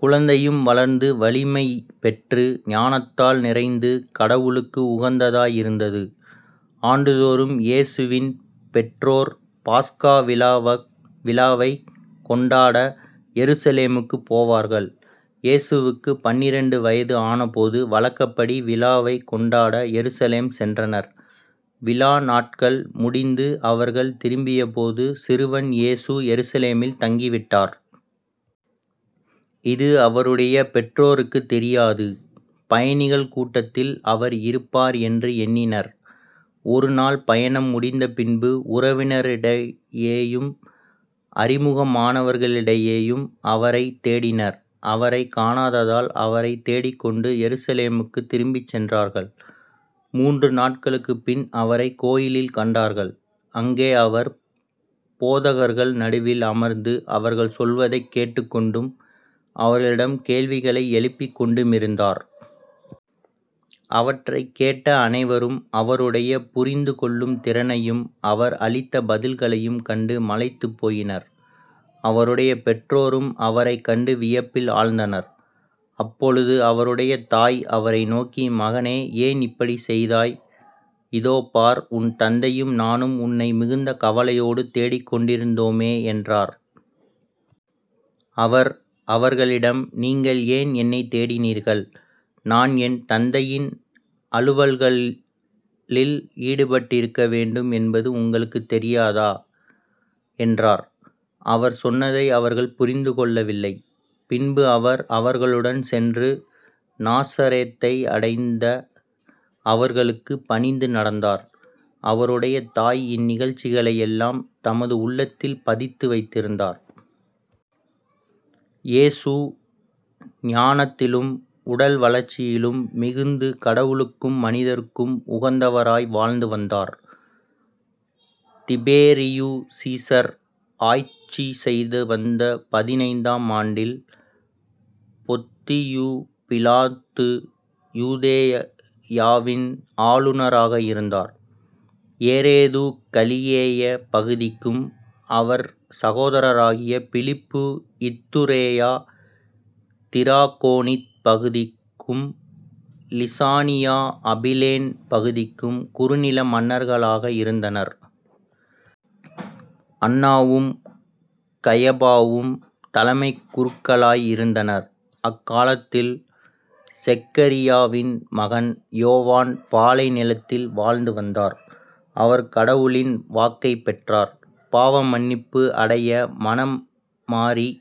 குழந்தையும் வளர்ந்து வலிமை பெற்று ஞானத்தால் நிறைந்து கடவுளுக்கு உகந்ததாய் இருந்தது. ஆண்டுதோறும் இயேசுவின் பெற்றோர் பாஸ்கா விழாவைக் கொண்டாட எருசலேமுக்குப் போவார்கள் இயேசுவுக்குப் பன்னிரண்டு வயது ஆனபோது வழக்கப்படி விழாவைக் கொண்டாட எருசலேம் சென்றனர். விழா நாள்கள் முடிந்து அவர்கள் திரும்பியபோது சிறுவன் இயேசு எருசலேமில் தங்கிவிட்டார். இது அவருடைய பெற்றோருக்குத் தெரியாது. பயணிகள் கூட்டத்தில் அவர் இருப்பார் என்று எண்ணினர். ஒருநாள் பயணம் முடிந்தபின்பு உறவினரிடையேயும் அறிமுகமானவர்களிடையேயும் அவரைத் தேடினர் அவரைக் காணாததால் அவரைத் தேடிக்கொண்டு எருசலேமுக்குத் திரும்பிச் சென்றார்கள். மூன்று நாள்களுக்குப்பின் அவரைக் கோவிலில் கண்டார்கள். அங்கே அவர் போதகர்கள் நடுவில் அமர்ந்து அவர்கள் சொல்வதைக் கேட்டுக் கொண்டும் அவர்களிடம் கேள்விகளை எழுப்பிக் கொண்டுமிருந்தார். அவற்றைக் கேட்ட அனைவரும் அவருடைய புரிந்து கொள்ளும் திறனையும் அவர் அளித்த பதில்களையும் கண்டு மலைத்துப் போயினர். அவருடைய பெற்றோரும் அவரைக் கண்டு வியப்பில் ஆழ்ந்தனர். அப்பொழுது அவருடைய தாய் அவரை நோக்கி மகனே ஏன் இப்படிச் செய்தாய்? இதோ பார் உன் தந்தையும் நானும் உன்னை மிகுந்த கவலையோடு தேடிக்கொண்டிருந்தோமே என்றார். அவர் அவர்களிடம் நீங்கள் ஏன் என்னைத் தேடினீர்கள்? நான் என் தந்தையின் அலுவல்களில் ஈடுபட்டிருக்க வேண்டும் என்பது உங்களுக்குத் தெரியாதா? என்றார். அவர் சொன்னதை அவர்கள் புரிந்து கொள்ளவில்லை. பின்பு அவர் அவர்களுடன் சென்று நாசரேத்தை அடைந்து அவர்களுக்குப் பணிந்து நடந்தார். அவருடைய தாய் இந்நிகழ்ச்சிகளையெல்லாம் தமது உள்ளத்தில் பதித்து வைத்திருந்தார். இயேசு ஞானத்திலும் உடல்வளர்ச்சியிலும் மிகுந்து கடவுளுக்கும் மனிதருக்கும் உகந்தவராய் வாழ்ந்து வந்தார். திபேரியு சீசர் ஆட்சி செய்துவந்த பதினைந்தாம் ஆண்டில் பொத்தியு பிலாத்து யூதேயாவின் ஆளுநராக இருந்தார். ஏரோது கலிலேயப் பகுதிக்கும் அவன் சகோதரராகிய பிலிப்பு இத்துரேயா திராகோனித்துப் பகுதிகளுக்கும் லிசானியா அபிலேன் பகுதிக்கும் குறுநில மன்னர்களாக இருந்தனர். அன்னாவும் கயபாவும் தலைமைக் குருக்களாய் இருந்தனர். அக்காலத்தில் செக்கரியாவின் மகன் யோவான் பாலைநிலத்தில் வாழ்ந்து வந்தார். அவர் கடவுளின் வாக்கைப் பெற்றார். பாவமன்னிப்பு அடைய மனம்மாறித்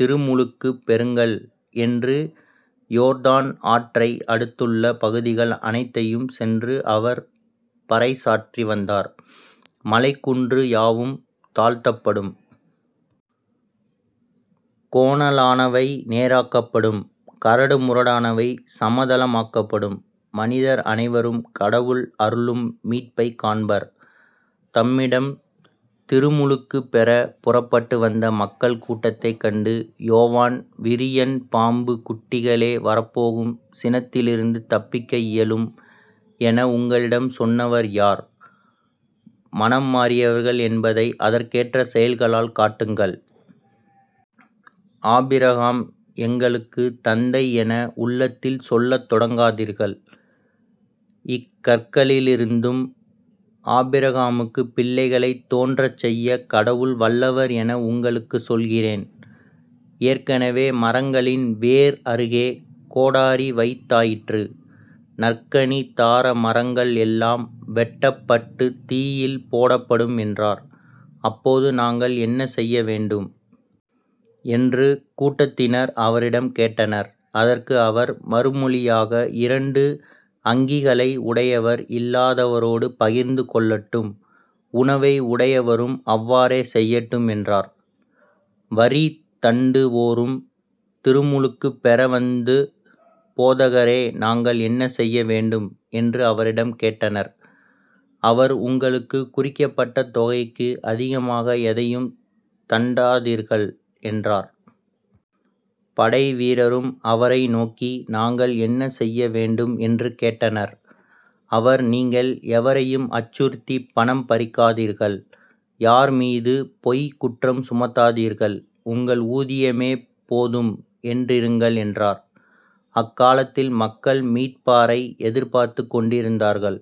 திருமுழுக்குப் பெறுங்கள் என்று யோர்தான் ஆற்றை அடுத்துள்ள பகுதிகள் அனைத்துக்கும் சென்று அவர் பறைசாற்றிவந்தார். மலை குன்று யாவும் தாழ்த்தப்படும். கோணலானவை நேராக்கப்படும். கரடு முரடானவை சமதளமாக்கப்படும். மனிதர் அனைவரும் கடவுள் அருளும் மீட்பைக் காண்பர். தம்மிடம் திருமுழுக்குப் பெறப் புறப்பட்டு வந்த மக்கள் கூட்டத்தைக் கண்டு யோவான் விரியன் பாம்புக் குட்டிகளே வரப்போகும் சினத்திலிருந்து தப்பிக்க இயலும் என உங்களிடம் சொன்னவர் யார்? மனம் மாறியவர்கள் என்பதை அதற்கேற்ற செயல்களால் காட்டுங்கள். ஆபிரகாம் எங்களுக்குத் தந்தை என உள்ளத்தில் சொல்லத் தொடங்காதீர்கள். இக்கற்களிலிருந்தும் ஆபிரகாமுக்குப் பிள்ளைகளைத் தோன்றச் செய்யக் கடவுள் வல்லவர் என உங்களுக்குச் சொல்கிறேன். ஏற்கெனவே மரங்களின் வேர் அருகே கோடரி வைத்தாயிற்று. நற்கனி தார மரங்கள் எல்லாம் வெட்டப்பட்டுத் தீயில் போடப்படும் என்றார். அப்போது நாங்கள் என்ன செய்ய வேண்டும்? என்று கூட்டத்தினர் அவரிடம் கேட்டனர். அதற்கு அவர் மறுமொழியாக இரண்டு அங்கிகளை உடையவர் இல்லாதவரோடு பகிர்ந்து கொள்ளட்டும். உணவை உடையவரும் அவ்வாறே செய்யட்டும் என்றார். வரி தண்டுவோரும் திருமுழுக்குப் பெற வந்து போதகரே நாங்கள் என்ன செய்யவேண்டும்? என்று அவரிடம் கேட்டனர். அவர் உங்களுக்குக் குறிக்கப்பட்ட தொகைக்கு அதிகமாக எதையும் தண்டாதீர்கள் என்றார். படைவீரரும் அவரை நோக்கி நாங்கள் என்ன செய்ய வேண்டும்? என்று கேட்டனர். அவர் நீங்கள் எவரையும் அச்சுறுத்திப் பணம் பறிக்காதீர்கள். யார்மீதும் பொய்க் குற்றம் சுமத்தாதீர்கள். உங்கள் ஊதியமே போதும் என்றிருங்கள் என்றார். அக்காலத்தில் மக்கள் மீட்பரை எதிர்பார்த்துக் கொண்டிருந்தார்கள்.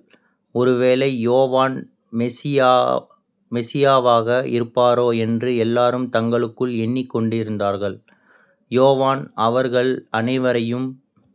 ஒருவேளை யோவான் மெசியாவாக இருப்பாரோ என்று எல்லாரும் தங்களுக்குள் எண்ணிக்கொண்டிருந்தார்கள். யோவான் அவர்கள் அனைவரையும்